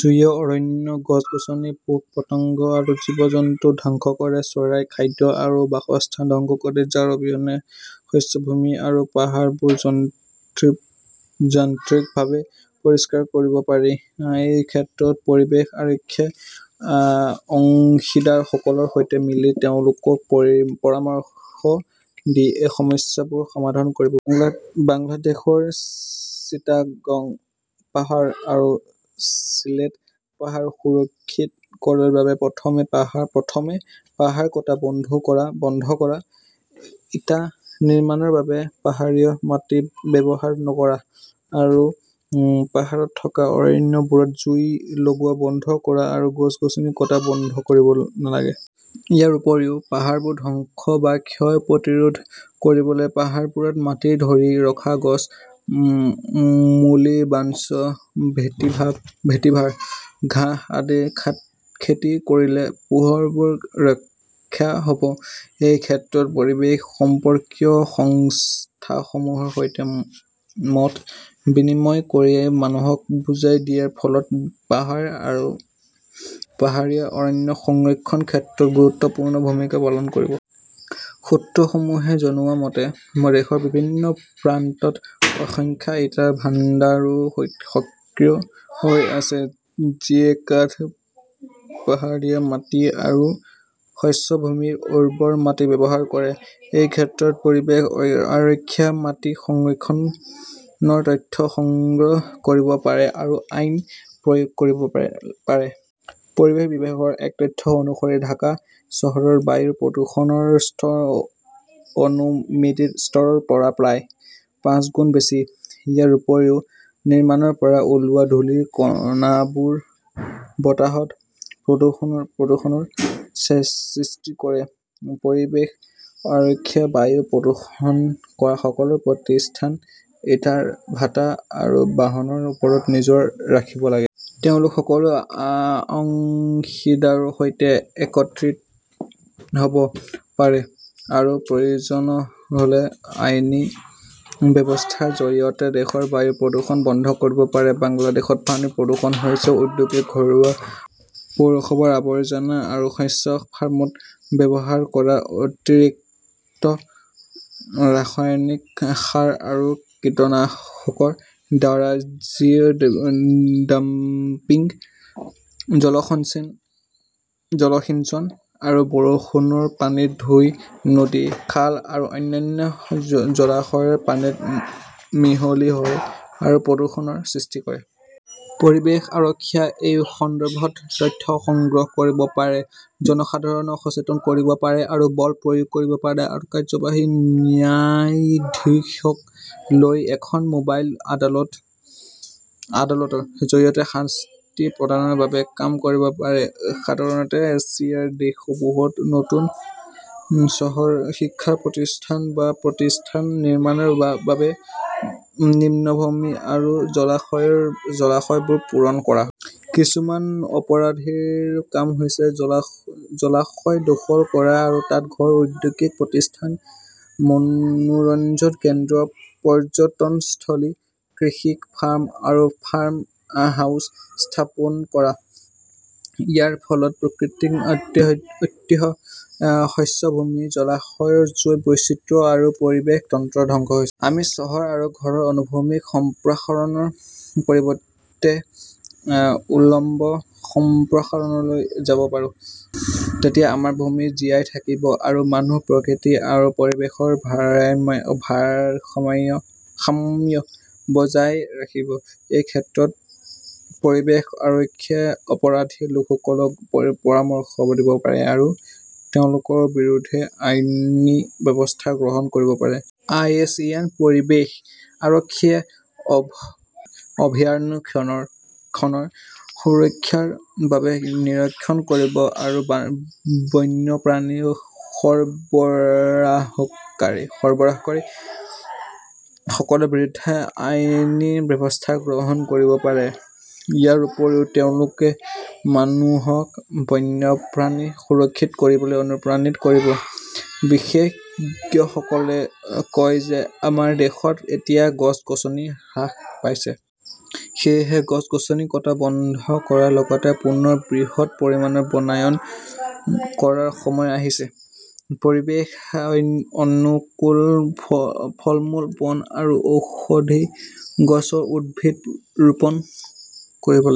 জুইয়ে অৰণ্য, গছ-গছনি, পোক-পতংগ আৰু জীৱ-জন্তু ধ্বংস কৰে, চৰাইৰ খাদ্য আৰু বাসস্থান ধ্বংস কৰে, যাৰ অবিহনে শস্যভূমি আৰু পাহাৰবোৰ যান্ত্ৰিকভাৱে পৰিষ্কাৰ কৰিব পাৰি। এই ক্ষেত্ৰত পৰিৱেশ আৰক্ষীয়ে অংশীদাৰসকলৰ সৈতে মিলি তেওঁলোকক পৰামৰ্শ দি এই সমস্যাবোৰ সমাধান কৰিব পাৰে। বাংলাদেশৰ চিটাগং পাহাৰ আৰু চিলেট পাহাৰ সুৰক্ষিত কৰাৰ বাবে প্ৰথমে পাহাৰ কটা বন্ধ কৰা, ইটা নিৰ্মাণৰ বাবে পাহাৰীয়া মাটি ব্যৱহাৰ নকৰা, আৰু পাহাৰত থকা অৰণ্যবোৰত জুই লগোৱা বন্ধ কৰা আৰু গছ-গছনি কটা বন্ধ কৰিব লাগে। ইয়াৰ উপৰিও, পাহাৰবোৰ ধ্বংস বা ক্ষয় প্ৰতিৰোধ কৰিবলৈ পাহাৰবোৰত মাটি ধৰি ৰখা গছ, মুলিবাঞ্চ, ভেটিভাৰ ঘাঁহ আদি খেতি কৰিলে পাহাৰবোৰ ৰক্ষা হ'ব। এই ক্ষেত্ৰত পৰিৱেশ সম্পৰ্কীয় সংস্থাসমূহৰ সৈতে মত বিনিময় কৰি মানুহক বুজাই দিয়াৰ ফলত পাহাৰ আৰু পাহাৰীয়া অৰণ্য সংৰক্ষণৰ ক্ষেত্ৰত গুৰুত্বপূৰ্ণ ভূমিকা পালন কৰিব। সূত্ৰসমূহে জনোৱা মতে, দেশৰ বিভিন্ন প্ৰান্তত অসংখ্য ইটাৰ ভাণ্ডাৰো সক্ৰিয় হৈ আছে, যিয়ে কাঠ, পাহাৰীয়া মাটি আৰু শস্য ভূমিৰ উৰ্বৰ মাটি ব্যৱহাৰ কৰে। এই ক্ষেত্ৰত পৰিৱেশ আৰক্ষীয়ে মাটি সংৰক্ষণৰ তথ্য সংগ্ৰহ কৰিব পাৰে আৰু আইন প্ৰয়োগ কৰিব পাৰে। পৰিৱেশ বিভাগৰ এক তথ্য অনুসৰি ঢাকা চহৰৰ বায়ুৰ প্ৰদূষণৰ স্তৰ অনুমোদিত স্তৰৰ পৰা প্ৰায় পাঁচগুণ বেছি। ইয়াৰ উপৰিও, নিৰ্মাণৰ পৰা ওলোৱা ধূলিৰ কণাবোৰে বতাহত প্ৰদূষণৰ সৃষ্টি কৰে। পৰিৱেশ আৰক্ষীয়ে বায়ু প্ৰদূষণ কৰা সকলো প্ৰতিষ্ঠান, ইটাৰ ভাটা আৰু বাহনৰ ওপৰত নজৰ ৰাখিব লাগে। তেওঁলোকে সকলো অংশীদাৰৰ সৈতে একত্ৰিত হ 'ব পাৰে আৰু প্ৰয়োজন হ' লে আইনী ব্যৱস্থাৰ জৰিয়তে দেশৰ বায়ু প্ৰদূষণ বন্ধ কৰিব পাৰে। বাংলাদেশত পানীৰ প্ৰদূষণ হৈছে ঔদ্যোগিক, ঘৰুৱা, পৌৰসভাৰ আৱৰ্জনা আৰু শস্য ফাৰ্মত ব্যৱহাৰ কৰা অতিৰিক্ত ৰাসায়নিক সাৰ আৰু কীটনাশকৰ দ্বাৰা যি ডাম্পিং, জলসিঞ্চন আৰু বৰষুণৰ পানীত ধুই নদী, খাল আৰু অন্যান্য জলাশয়ৰ পানীত মিহলি হয় আৰু প্ৰদূষণৰ সৃষ্টি কৰে। পৰিৱেশ আৰক্ষীয়ে এই সন্দৰ্ভত তথ্য সংগ্ৰহ কৰিব পাৰে, জনসাধাৰণক সচেতন কৰিব পাৰে আৰু বল প্ৰয়োগ কৰিব পাৰে আৰু কাৰ্যবাহী ন্যায়াধীশক লৈ এখন মোবাইল আদালতৰ জৰিয়তে শাস্তি প্ৰদানৰ বাবে কাম কৰিব পাৰে। সাধাৰণতে এছিয়াৰ দেশসমূহত নতুন চহৰ, শিক্ষা প্ৰতিষ্ঠান বা প্ৰতিষ্ঠান নিৰ্মাণৰ বাবে নিম্নভূমি আৰু জলাশয়বোৰ পূৰণ কৰা হয়। কিছুমান অপৰাধীৰ কাম হৈছে জলাশয় দখল কৰা আৰু তাত ঘৰ, ঔদ্যোগিক প্ৰতিষ্ঠান, মনোৰঞ্জন কেন্দ্ৰ, পৰ্যটনস্থলী, কৃষি ফাৰ্ম আৰু ফাৰ্ম হাউচ স্থাপন কৰা। ইয়াৰ ফলত প্ৰাকৃতিক ঐতিহ্য, শস্য ভূমি, জলাশয়ৰ জৈৱ বৈচিত্ৰ্য আৰু পৰিৱেশ তন্ত্ৰ ধ্বংস হৈছে। আমি চহৰ আৰু ঘৰৰ আনুভূমিক সম্প্ৰসাৰণৰ পৰিৱৰ্তে উলম্ব সম্প্ৰসাৰণলৈ যাব পাৰোঁ। তেতিয়া আমাৰ ভূমি জীয়াই থাকিব, আৰু মানুহ, প্ৰকৃতি আৰু পৰিৱেশৰ ভাৰসাম্য বজাই ৰাখিব। এই ক্ষেত্ৰত পৰিৱেশ আৰক্ষীয়ে অপৰাধী লোকসকলক পৰামৰ্শ দিব পাৰে আৰু তেওঁলোকৰ বিৰুদ্ধে আইনী ব্যৱস্থা গ্ৰহণ কৰিব পাৰে। আই. ইউ. চি. এন. পৰিৱেশ আৰক্ষীয়ে অভয়াৰণ্যখনৰ সুৰক্ষাৰ বাবে নিৰীক্ষণ কৰিব আৰু বন্যপ্ৰাণী সৰবৰাহকাৰী সকলৰ বিৰুদ্ধে আইনী ব্যৱস্থা গ্ৰহণ কৰিব পাৰে। ইয়াৰ উপৰিও তেওঁলোকে মানুহক বন্যপ্ৰাণী সুৰক্ষিত কৰিবলৈ অনুপ্ৰাণিত কৰিব। বিশেষজ্ঞসকলে কয় যে আমাৰ দেশত এতিয়া গছ-গছনি হ্ৰাস পাইছে। সেয়েহে গছ-গছনি কটা বন্ধ কৰাৰ লগতে পুনৰ বৃহৎ পৰিমাণৰ বনায়ন কৰাৰ সময় আহিছে। পৰিৱেশ অনুকূল, ফলমূল, বন আৰু ঔষধি গছৰ উদ্ভিদ ৰোপণ কৰিব লাগিব।